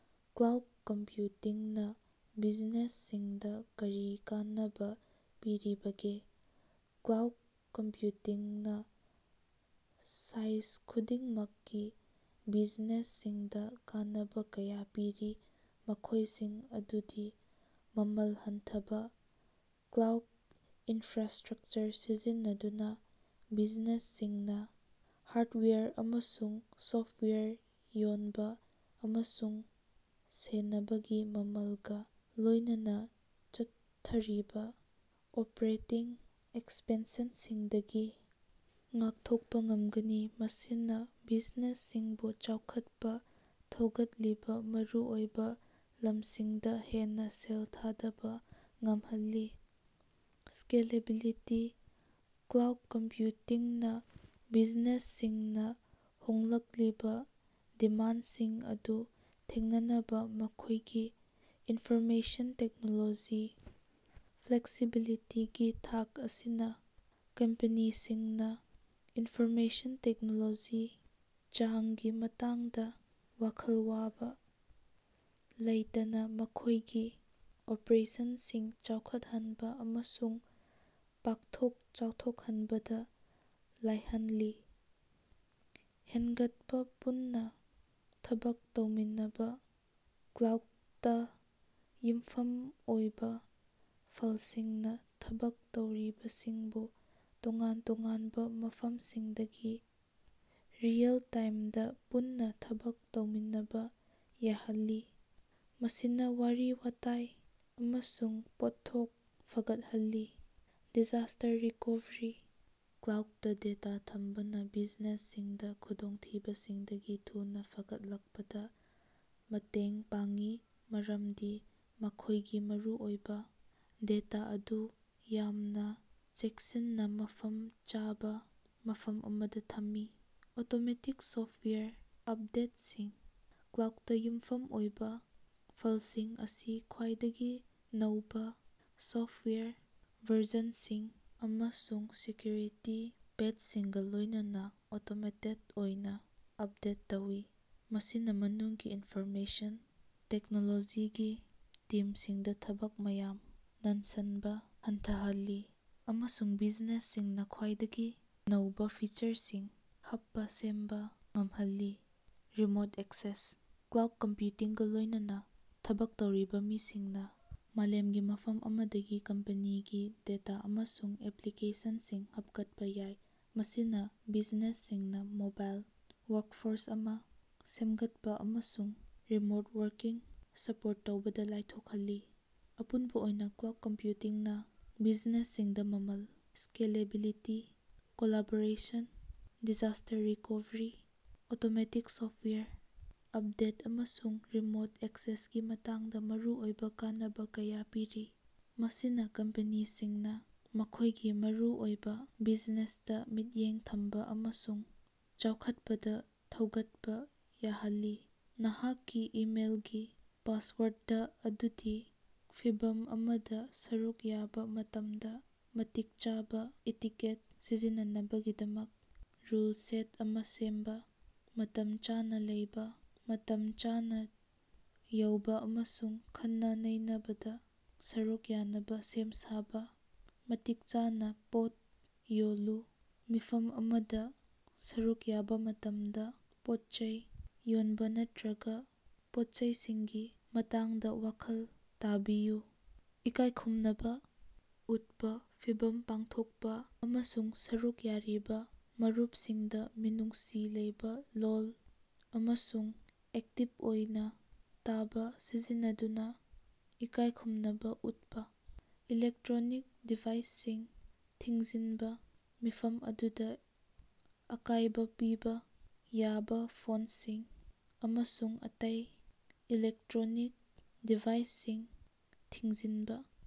Cloud ꯀꯝꯄ꯭ꯌꯨꯇꯤꯡꯅ ꯕꯤꯖꯤꯅꯦꯁꯁꯤꯡꯗ ꯀꯔꯤ ꯀꯥꯟꯅꯕꯥ ꯄꯤꯔꯤꯕꯒꯦ? ꯀ꯭ꯂꯥꯎꯗ ꯀꯝꯄ꯭ꯌꯨꯇꯤꯡꯅ ꯁꯥꯏꯖ ꯈꯨꯗꯤꯡꯃꯛꯀꯤ ꯕꯤꯖꯤꯅꯦꯁꯁꯤꯡꯗ ꯀꯥꯟꯅꯕ ꯀꯌꯥ ꯄꯤꯔꯤ ꯃꯈꯣꯢꯁꯤꯡ ꯑꯗꯨꯗꯤ- ꯃꯃꯜ ꯍꯟꯊꯕꯥ: ꯀ꯭ꯂꯥꯎꯗ ꯏꯅꯐ꯭ꯔꯥꯁ꯭ꯇꯔꯛꯆꯔ ꯁꯤꯖꯤꯟꯅꯗꯨꯅ ꯕꯤꯖꯤꯅꯦꯁꯁꯤꯡꯅ ꯍꯥꯔꯗꯋꯦꯌꯔ ꯑꯃꯁꯨꯡ ꯁꯣꯐꯋꯦꯌꯔ ꯌꯣꯟꯕ ꯑꯃꯁꯨꯡ ꯁꯦꯟꯅꯕꯒꯤ ꯃꯃꯜꯒꯥ ꯂꯣꯢꯅꯅ ꯆꯠꯊꯔꯤꯕ ꯑꯣꯄ꯭ꯔꯦꯇꯤꯡ ꯑꯦꯛꯁꯄꯦꯟꯁꯟꯁꯤꯡꯗꯒꯤ ꯉꯥꯛꯊꯣꯛꯄ ꯉꯝꯒꯅꯤ꯫ ꯃꯁꯤꯅ ꯕꯤꯖꯤꯅꯦꯁꯁꯤꯡꯕꯨ ꯆꯥꯎꯈꯠꯄ ꯊꯧꯒꯠꯂꯤꯕ ꯃꯔꯨꯑꯣꯏꯕ ꯂꯝꯁꯤꯡꯗ ꯍꯦꯟꯅ ꯁꯦꯜ ꯊꯥꯗꯕ ꯉꯝꯍꯜꯂꯤ꯫ ꯁ꯭ꯀꯦꯂꯦꯕꯤꯂꯤꯇꯤ: ꯀ꯭ꯂꯥꯎꯗ ꯀꯝꯞꯌꯨꯇꯤꯡꯅ ꯕꯤꯖꯤꯅꯦꯁꯁꯤꯡꯅ ꯍꯣꯡꯂꯛꯂꯤꯕ ꯗꯤꯃꯥꯟꯗꯁꯤꯡ ꯑꯗꯨ ꯊꯦꯡꯅꯅꯕꯥ ꯃꯈꯣꯢꯒꯤ ꯏꯟꯐꯣꯔꯃꯦꯁꯟ ꯇꯦꯛꯅꯣꯂꯣꯖꯤ ꯐ꯭ꯂꯦꯛꯁꯤꯕꯤꯂꯤꯇꯤꯒꯤ ꯊꯥꯛ ꯑꯁꯤꯅꯥ ꯀꯝꯄꯦꯅꯤꯁꯤꯡꯅꯥ ꯏꯟꯐꯣꯔꯃꯦꯁꯟ ꯇꯦꯛꯅꯣꯂꯣꯖꯤ ꯆꯥꯡꯒꯤ ꯃꯇꯥꯡꯗ ꯋꯥꯈꯜ ꯋꯥꯕ ꯂꯩꯇꯅꯥ ꯃꯈꯣꯢꯒꯤ ꯑꯣꯄꯔꯦꯁꯟꯁꯤꯡ ꯆꯥꯎꯈꯠꯍꯟꯕ ꯑꯃꯁꯨꯡ ꯄꯥꯛꯊꯣꯛ ꯆꯥꯎꯊꯣꯛꯍꯟꯕꯗ ꯂꯥꯏꯍꯟꯂꯤ꯫ ꯍꯦꯟꯒꯠꯄ ꯄꯨꯟꯅ ꯊꯕꯛ ꯇꯧꯃꯤꯟꯅꯕ: ꯀ꯭ꯂꯥꯎꯗꯇ ꯌꯨꯝꯐꯝ ꯑꯣꯏꯕ ꯐꯜꯁꯤꯡꯅ ꯊꯕꯛ ꯇꯧꯔꯤꯕꯁꯤꯡꯕꯨ ꯇꯣꯉꯥꯟ ꯇꯣꯉꯥꯟꯕ ꯃꯐꯝꯁꯤꯡꯗꯒꯤ ꯔꯤꯑꯦꯜ-ꯇꯥꯏꯝꯗ ꯄꯨꯟꯅ ꯊꯕꯛ ꯇꯧꯃꯤꯟꯅꯕ ꯌꯥꯍꯜꯂꯤ꯫ ꯃꯁꯤꯅꯋꯥꯔꯤ ꯋꯥꯇꯥꯏ ꯑꯃꯁꯨꯡ ꯄꯣꯠꯊꯣꯛ ꯐꯒꯠꯍꯜꯂꯤ꯫ ꯗꯤꯖꯥꯁ꯭ꯇꯔ ꯔꯤꯀꯣꯚꯔꯤ: ꯀ꯭ꯂꯥꯎꯗꯇ ꯗꯦꯇꯥ ꯊꯝꯕꯅ ꯕꯤꯖꯤꯅꯦꯁꯁꯤꯡꯗ ꯈꯨꯗꯣꯡꯊꯤꯕꯁꯤꯡꯗꯒꯤ ꯊꯨꯅꯥ ꯐꯒꯠꯂꯛꯄꯗ ꯃꯇꯦꯡ ꯄꯥꯡꯉꯤ ꯃꯔꯝꯗꯤ ꯃꯈꯣꯢꯒꯤ ꯃꯔꯨꯑꯣꯏꯕ ꯗꯦꯇꯥ ꯑꯗꯨ ꯌꯥꯝꯅ ꯆꯦꯛꯁꯤꯟꯅ ꯃꯐꯝ ꯆꯥꯕ ꯃꯐꯝ ꯑꯃꯗ ꯊꯝꯃꯤ꯫ ꯑꯣꯇꯣꯃꯦꯇꯤꯛ ꯁꯣꯐꯇꯋꯥꯌꯔ ꯑꯄꯗꯦꯠꯁꯤꯡ: ꯀ꯭ꯂꯥꯎꯗꯇ ꯌꯨꯝꯐꯝ ꯑꯣꯏꯕ ꯐꯜꯁꯤꯡ ꯑꯁꯤ ꯈ꯭ꯋꯥꯏꯗꯒꯤ ꯅꯧꯕ ꯁꯣꯐꯇꯋꯥꯌꯔ ꯚꯔꯖꯟꯁꯤꯡ ꯑꯃꯁꯨꯡ ꯁꯦꯀ꯭ꯌꯨꯔꯤꯇꯤ ꯄꯦꯆꯁꯤꯡꯒꯥ ꯂꯣꯢꯅꯅꯥ ꯑꯣꯇꯣꯃꯦꯇꯦꯗ ꯑꯣꯏꯅ ꯑꯄꯗꯦꯠ ꯇꯧꯏ ꯃꯁꯤꯅꯥ ꯃꯅꯨꯡꯒꯤ ꯏꯟꯐꯣꯔꯃꯦꯁꯟ ꯇꯦꯛꯅꯣꯂꯣꯖꯤꯒꯤ ꯇꯤꯝꯁꯤꯡꯗ ꯊꯕꯛ ꯃꯌꯥꯝ ꯅꯟꯁꯟꯕ ꯍꯟꯊꯍꯜꯂꯤ ꯑꯃꯁꯨꯡ ꯕꯤꯖꯤꯅꯦꯁꯁꯤꯡꯅ ꯈ꯭ꯋꯥꯏꯗꯒꯤ ꯅꯧꯕꯥ ꯐꯤꯆꯔꯁꯤꯡ ꯍꯥꯞꯄ ꯁꯦꯝꯕ ꯉꯝꯍꯜꯂꯤ꯫ ꯔꯤꯃꯣꯠ ꯑꯦꯛꯁꯦꯁ: ꯀ꯭ꯂꯥꯎꯗ ꯀꯝꯄ꯭ꯌꯨꯇꯤꯡꯒ ꯂꯣꯢꯅꯅ ꯊꯕꯛ ꯇꯧꯔꯤꯕ ꯃꯤꯁꯤꯡꯅ ꯃꯥꯂꯦꯝꯒꯤ ꯃꯐꯝ ꯑꯃꯗꯒꯤ ꯀꯝꯄꯦꯅꯤꯒꯤ ꯗꯦꯇꯥ ꯑꯃꯁꯨꯡ ꯑꯦꯄ꯭ꯂꯤꯀꯦꯁꯟꯁꯤꯡ ꯍꯥꯞꯀꯠꯄ ꯌꯥꯏ ꯃꯁꯤꯅ ꯕꯤꯖꯤꯅꯦꯁꯁꯤꯡꯅ ꯃꯣꯕꯥꯏꯜ ꯋꯥꯔꯛꯐꯣꯔꯁ ꯑꯃ ꯁꯦꯝꯒꯠꯄ ꯑꯃꯁꯨꯡ ꯔꯤꯃꯣꯠ ꯋꯥꯔꯀꯤꯡ ꯁꯄꯣꯔꯠ ꯇꯧꯕꯗꯥ ꯂꯥꯏꯊꯣꯛꯍꯜꯂꯤ꯫ ꯑꯄꯨꯟꯕ ꯑꯣꯏꯅ ꯀ꯭ꯂꯥꯎꯗ ꯀꯝꯄ꯭ꯌꯨꯇꯤꯡꯅ ꯕꯤꯖꯤꯅꯦꯁꯁꯤꯡꯗ ꯃꯃꯜ, scalability, collaboration, disaster recovery, automatic software update, ꯑꯃꯁꯨꯡ ꯔꯤꯃꯣꯠ ꯑꯦꯛꯁꯦꯁꯀꯤ ꯃꯇꯥꯡꯗꯥ ꯃꯔꯨꯑꯣꯏꯕ ꯀꯥꯟꯅꯕ ꯀꯌꯥ ꯄꯤꯔꯤ ꯃꯁꯤꯅꯥ ꯀꯝꯄꯦꯅꯤꯁꯤꯡꯅ ꯃꯈꯣꯢꯒꯤ ꯃꯔꯨꯑꯣꯏꯕ ꯕꯤꯖꯤꯅꯦꯁꯇ ꯃꯤꯠꯌꯦꯡ ꯊꯝꯕ ꯑꯃꯁꯨꯡ ꯆꯥꯎꯈꯠꯄꯗ ꯊꯧꯒꯠꯄꯥ ꯌꯥꯍꯜꯂꯤ꯫ ꯅꯍꯥꯛꯀꯤ ꯏꯃꯦꯜꯒꯤ ꯄꯥꯁꯋꯥꯔꯗ ꯑꯗꯨꯗꯤ ꯃꯤꯐꯝ ꯑꯃꯗ ꯁꯔꯨꯛ ꯌꯥꯕ ꯃꯇꯝꯗ ꯃꯇꯤꯛ ꯆꯥꯕ ꯏꯇꯤꯀꯦꯠ ꯁꯤꯖꯤꯟꯅꯅꯕꯒꯤꯗꯃꯛ ꯔꯨꯜ ꯁꯦꯠ ꯑꯃꯥ ꯁꯦꯝꯕꯥ꯫ ꯃꯇꯝ ꯆꯥꯅꯥ ꯂꯩꯕꯥ: ꯃꯇꯝ ꯆꯥꯅꯥ ꯌꯧꯕꯥ ꯑꯃꯁꯨꯡ ꯈꯟꯅ-ꯅꯩꯅꯕꯗꯥ ꯁꯔꯨꯛ ꯌꯥꯅꯕ ꯁꯦꯝ-ꯁꯥꯕꯥ꯫ ꯃꯇꯤꯛ ꯆꯥꯅꯥ ꯄꯣꯠ ꯌꯣꯜꯂꯨ: ꯃꯤꯐꯝ ꯑꯃꯗ ꯁꯔꯨꯛ ꯌꯥꯕ ꯃꯇꯝꯗ ꯄꯣꯠꯆꯩ ꯌꯣꯟꯕ ꯅꯠꯇ꯭ꯔꯒ ꯄꯣꯠꯆꯩꯁꯤꯡꯒꯤ ꯃꯇꯥꯡꯗ ꯋꯥꯈꯜ ꯇꯥꯕꯤꯌꯨ꯫ ꯏꯀꯥꯏ ꯈꯨꯝꯅꯕ ꯎꯠꯄꯥ: ꯃꯤꯐꯝ ꯄꯥꯡꯊꯣꯛꯄ ꯑꯃꯁꯨꯡ ꯁꯔꯨꯛ ꯌꯥꯔꯤꯕ ꯃꯔꯨꯞꯁꯤꯡꯗ ꯃꯤꯅꯨꯡꯁꯤ ꯂꯩꯕꯥ ꯂꯣꯜ ꯑꯃꯁꯨꯡ ꯑꯦꯛꯇꯤꯕ ꯑꯣꯏꯅ ꯇꯥꯕꯥ ꯁꯤꯖꯤꯟꯅꯗꯨꯅ ꯏꯀꯥꯏ ꯈꯨꯝꯅꯕ ꯎꯠꯄ꯫ ꯏꯂꯦꯛꯇ꯭ꯔꯣꯅꯤꯛ ꯗꯤꯚꯥꯏꯁꯁꯤꯡ ꯊꯤꯡꯖꯤꯟꯕꯥ: ꯃꯤꯐꯝ ꯑꯗꯨꯗꯥ ꯑꯀꯥꯢꯕ ꯄꯤꯕꯥ ꯌꯥꯕ ꯐꯣꯟꯁꯤꯡ ꯑꯃꯁꯨꯡ ꯑꯇꯩ ꯏꯂꯦꯛꯇ꯭ꯔꯣꯅꯤꯛ ꯗꯤꯚꯥꯏꯁꯁꯤꯡ ꯊꯤꯡꯖꯤꯟꯕꯥ ꯫